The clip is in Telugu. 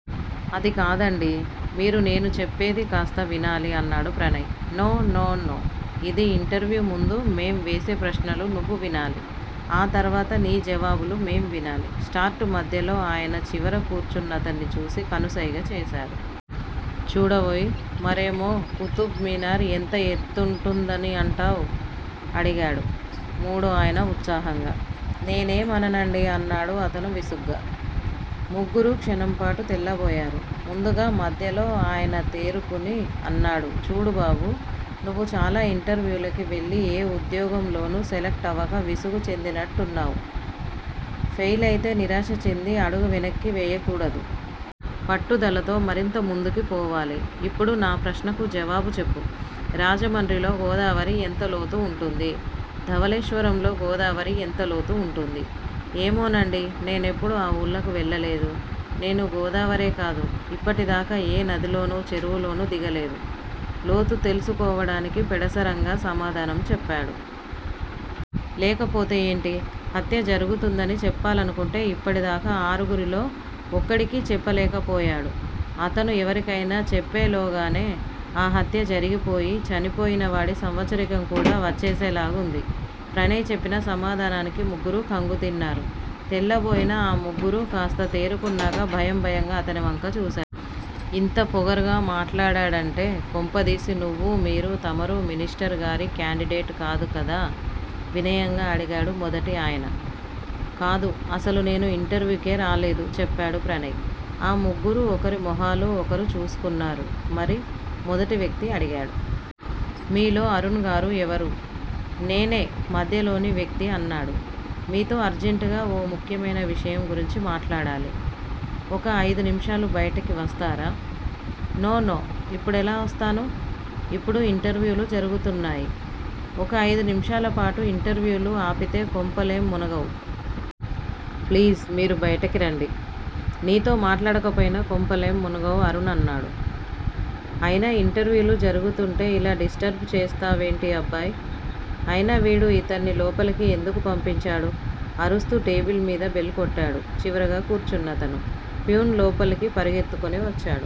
అది కాదండీ మీరు నేను చెప్పేది కాస్త వినాలి అన్నాడు ప్రణయ్. నో! నో! నో! ఇది ఇంటర్వ్యూ ముందు మేం వేసే ప్రశ్నలు నువ్వు వినాలి ఆ తర్వాత నీ జవాబులు మేము వినాలి. స్టార్ట్ మధ్యలో ఆయన చివర కూర్చున్నతన్ని చూసి కనుసైగ చేశాడు. చూడవోయ్! మరేమో కుతుబ్ మీనార్ ఎంత ఎత్తుంటుందని అంటావ్? అడిగాడు మూడో అయన ఉత్సాహంగా. నేనేం అననండీ అన్నాడు అతను విసుగ్గా. ముగ్గురూ క్షణంపాటు తెల్లబోయారు. ముందుగా మద్యలో అయన తేరుకుని అన్నాడు చూడు బాబూ! నువ్వు చాలా ఇంటర్వ్యూలకి వెళ్ళి ఏ ఉద్యోగం లోనూ సెలెక్ట్ అవక విసుగు చెందినట్టున్నావ్, ఫెయిలయితే నిరాశ చెంది అడుగు వెనక్కి వేయకూడదు. పట్టుదలతో మరింత ముందుకి పోవాలి. ఇప్పుడు నా ప్రశ్నకు జవాబు చెప్పు. రాజమండ్రిలో గోదావరి ఎంత లోతు వుంటుంది? ధవళేశ్వరంలో గోదావరి ఎంత లోతు వుంటుంది? ఏమోనండీ నేనెప్పుడూ ఆ వూళ్ళకి వెళ్ళలేదు. నేను గోదావరే కాదు ఇప్పటిదాకా ఏ నదిలోనూ, చెరువులోనూ దిగలేదు లోతు తెలుసు కోవడానికి పెడసరంగా సమాధానం చెప్పాడు. లేకపోతే ఏంటి? హత్య జరుగుతుందని చెప్పాలనుకుంటే ఇప్పటి దాకా ఆరుగురిలో ఒక్కడికీ చెప్పలేకపోయాడు, అతను ఎవరికయినా చెప్పెలోగానే ఆ హత్య జరిగిపోయి, చనిపోయిన వాడి సంవత్సరీకం కూడా వచ్చేసేలాగుంది. ప్రణయ్ చెప్పిన సమాధానానికి ముగ్గురూ ఖంగుతిన్నారు. తెల్లబోయిన ఆ ముగ్గురూ కాస్త తేరుకున్నాక భయం భయంగా అతనివంక చూశారు. ఇంత పొగరుగా మాట్లాడాడంటే కొంపదీసి నువ్వూ మీరూ తమరూ మినిస్టర్ గారి క్యాండిడేట్ కాదు కదా? వినయంగా అడిగాడు మొదటి ఆయన. కాదు అసలు నేను ఇంటర్వ్యూకే రాలేదు చెప్పాడు ప్రణయ్. ఆ ముగ్గురూ ఒకరి మొహాలు ఒకరు చూసుకున్నారు. మరి? మొదటి వ్యక్తి అడిగాడు. మీలో అరుణ్ గారు ఎవరు? నేనే మధ్యలోని వ్యక్తి అన్నాడు. మీతో అర్జెంటుగా ఓ ముఖ్యమైన విషయం గురించి మాట్లాడాలి. ఒక అయిదు నిమిషాలు బయటికి వస్తారా? నో! నో! ఇప్పుడెలా వస్తాను? ఇప్పుడు ఇంటర్వ్యూలు జరుగుతున్నాయి. ఒక అయిదు నిమిషాలపాటు ఇంటర్వ్యూలు ఆపితే కొంపలేంమునగవ్. ప్లీజ్! మీరు బయటికిరండి. నీతో మాటాడకపోయినా కొంపలేం మునగవ్ అరుణ్ అన్నాడు. అయినా ఇంటర్వ్యూలు జరుగుతుంటే ఇలా డిస్టర్బ్ చేస్తావేంటి అబ్బాయ్? అయినా వీడు ఇతన్ని లోపలికి ఎందుకు పంపించాడు? అరుస్తూ టేబిల్ మీది బెల్ కొట్టాడు చివరగా కూర్చున్నతను. ఫ్యూన్ లోపలికి పరిగెత్తుకుని వచ్చాడు.